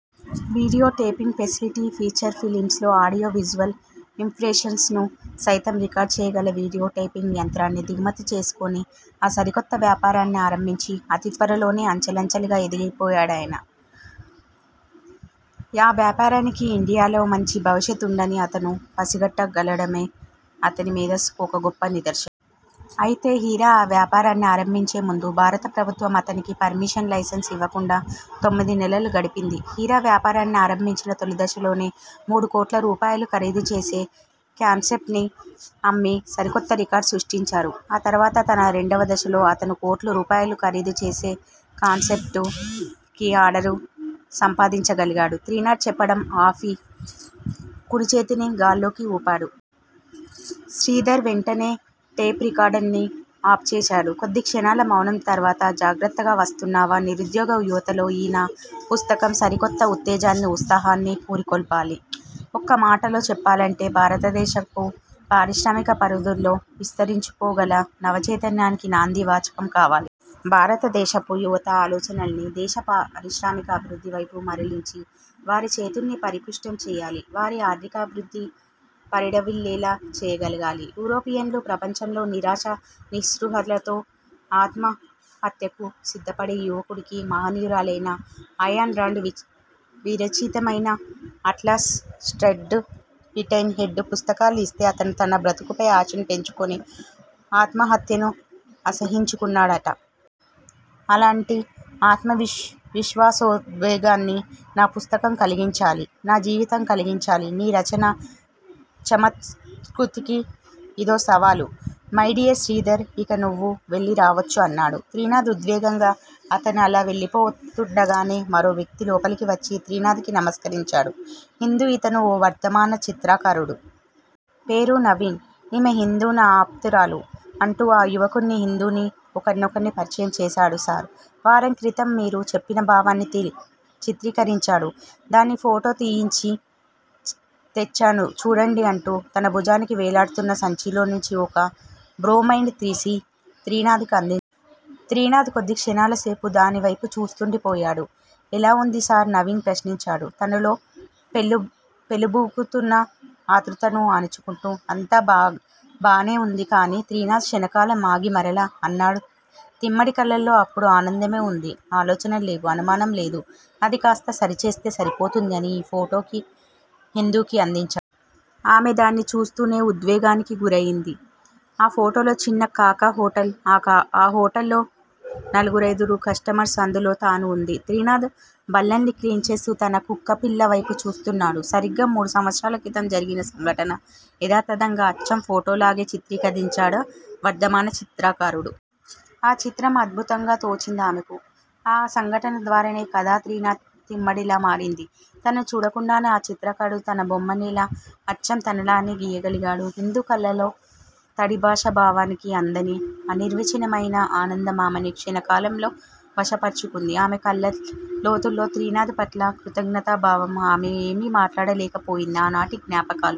Video taping facility- feature films లో audio visual impressions ను సయితం రికార్డు చేయగల వీడియో టేపింగ్ యంత్రాన్ని దిగుమతి చేసుకుని ఆ సరికొత్త వ్యాపారాన్ని ఆరంభించి అతి త్వరలోనే అంచలంచెలుగా ఎదిగిపోయాడాయన. ఆ వ్యాపారానికి ఇండియాలో మంచి భవిష్యత్ వుందని అతను పసిగట్టగలగడమే అతని మేధస్సుకు ఒక గొప్ప నిదర్శనం. అయితే హీరా ఆ వ్యాపారాన్ని ఆరంభించేముందు భారత ప్రభుత్వం అతనికి పర్మిషన్, లైసెన్స్ ఇవ్వకుండా తొమ్మిది నెలలు గడిపింది. హీరా వ్యాపారాన్ని ఆరంభించిన తొలి దశలోనే మూడుకోట్లు రూపాయల ఖరీదుచేసే క్యాసెట్స్ ని అమ్మి సరికొత్త రికార్డును సృష్టించాడు. ఆ తరువాత తన రెండవ దశలో అతను కోట్లు రూపాయలు ఖరీదు చేసే క్యాసెట్స్ కి ఆర్డర్స్ సంపాదించగలిగాడు త్రినాధ్ చెప్పడం ఆపి, కుడిచేతిని గాల్లోకి వూపాడు. శ్రీధర్ వెంటనే టేప్ రికార్డర్ ని ఆఫ్ చేశాడు. కొద్దిక్షణాల మౌనం తరువాత జాగ్రత్తగా వ్రాస్తున్నావా? నిరుద్యోగ యువతలో ఈ నా పుస్తకం సరికొత్త ఉత్తేజాన్ని, ఉత్సాహాన్ని పురికొల్పాలి. ఒక్క మాటలో చెప్పాలంటే- భారతదేశపు పారిశ్రామిక పరిధుల్లో విస్తరించుకుపోగల నవ చైతన్యానికి నాందీ వాచకం కావాలి. భారతదేశపు యువత ఆలోచనల్ని దేశ పారిశ్రామికాభివృద్ది వైపు మరలించి, వారిచేతుల్ని పరిపుష్టం చేయాలి. వారి ఆర్ధికాభివృద్ధి పరిఢవిల్లేలా చేయగలగాలి. యూరోపియన్ ప్రపంచంలో నిరాశా, నిస్పృహలతో ఆత్మహత్యకు సిద్ధపడే యువకుడికి మహనీయురాలైన అయాన్ రాండ్ విరచితమైన 'అట్లాస్ ష్రగ్డ్', 'ఫింటెన్ హెడ్' పుస్తకాలు ఇస్తే అతను తన బ్రతుకుపై ఆశను పెంచుకుని ఆత్మహత్యను అసహ్యించుకుంటాడట. అలాంటి ఆత్మవిశ్వాసోద్వేగాన్ని నా పుస్తకం కలిగించాలి- నా జీవితం కలిగించాలి. నీ రచనా చమత్కృతికి ఇదో సవాల్ మైడియర్ శ్రీధర్. ఇక నువ్వు వెళ్ళి రావచ్చు అన్నాడు త్రినాధ్ ఉద్వేగంగా. అతను అలా వెళ్ళిపోతుండగానే మరో వ్యక్తి లోపలకు వచ్చి త్రినాధ్ కి నమస్కరించాడు. హిందూ ఇతను ఓ వర్ధమాన చిత్రకారుడు. పేరు నవీన్. ఈమె హిందూ, నా ఆప్తురాలు అంటూ ఆ యువకుడ్ని, హిందూని ఒకరికొకర్ని పరిచయం చేసాడు. సార్! వారం క్రితం మీరు చెప్పిన భావాన్ని చిత్రీకరించాను. దాన్ని ఫోటో తీయించి తెచ్చాను. చూడండి అంటూ తన భుజానికి వేలాడుతున్న సంచిలోంచి ఒక బ్రొమైండ్ తీసి త్రినాధ్ కి అందించాడు. త్రినాధ్ కొద్దిక్షణాలసేపు దానివేపు చూస్తుండిపోయాడు. ఎలా వుంది సార్? నవీన్ ప్రశ్నించాడు. తనలో పెల్లుబుకుతున్న ఆతృతను అణుచుకుంటూ- అంతా బానే వుంది కాని త్రినాధ్ క్షణకాలం ఆగి మరలా అన్నాడు తిమ్మడి కళ్ళలో అప్పుడు ఆనందమే వుంది. ఆలోచనలు లేవు, అవమానం లేదు. అదికాస్తా సరిచేస్తే సరిపోతుంది అని, ఈ ఫోటోను హిందూకి అందించాడు. ఆమె దాన్ని చూస్తూనే ఉద్వేగానికి గురయింది. ఆ ఫోటోలో చిన్న కాకా హోటల్ ఆ హోటల్ లో నలుగురైదుగురు కస్టమర్స్, అందులో తనూ వుంది. త్రినాధ్ బల్లల్ని క్లీన్ చేస్తూ తన కుక్కపిల్లవేపు చూస్తున్నాడు. సరిగ్గా మూడు సంవత్సరాల క్రితం జరిగిన సంఘటన యథాతథంగా అచ్చం ఫోటోలాగే చిత్రీకరించాడా వర్ధమాన చిత్రకారుడు. ఆ చిత్రం అద్భుతంగా తోచిందామెకు. ఆ సంఘటన ద్వారానే కదా త్రినాధ్ తిమ్మడిలా మారింది! తనను చూడకుండానే ఆ చిత్రకారుడు తన బొమ్మనెలా అచ్చం తనలాగే గీయగలిగాడు! హిందూ కళ్ళలో తడి. భాష, భావానికి అందని అనిర్వచనీయమైన ఆనందం ఆమెను క్షణకాలంలో వశపర్చుకుంది. ఆమె కళ్ళ లోతుల్లో త్రినాధ్ పట్ల కృతజ్ఞతా భావం. ఆమె ఏమీ మాట్లాడలేకపోతోంది. ఆనాటి జ్ఞాపకాలు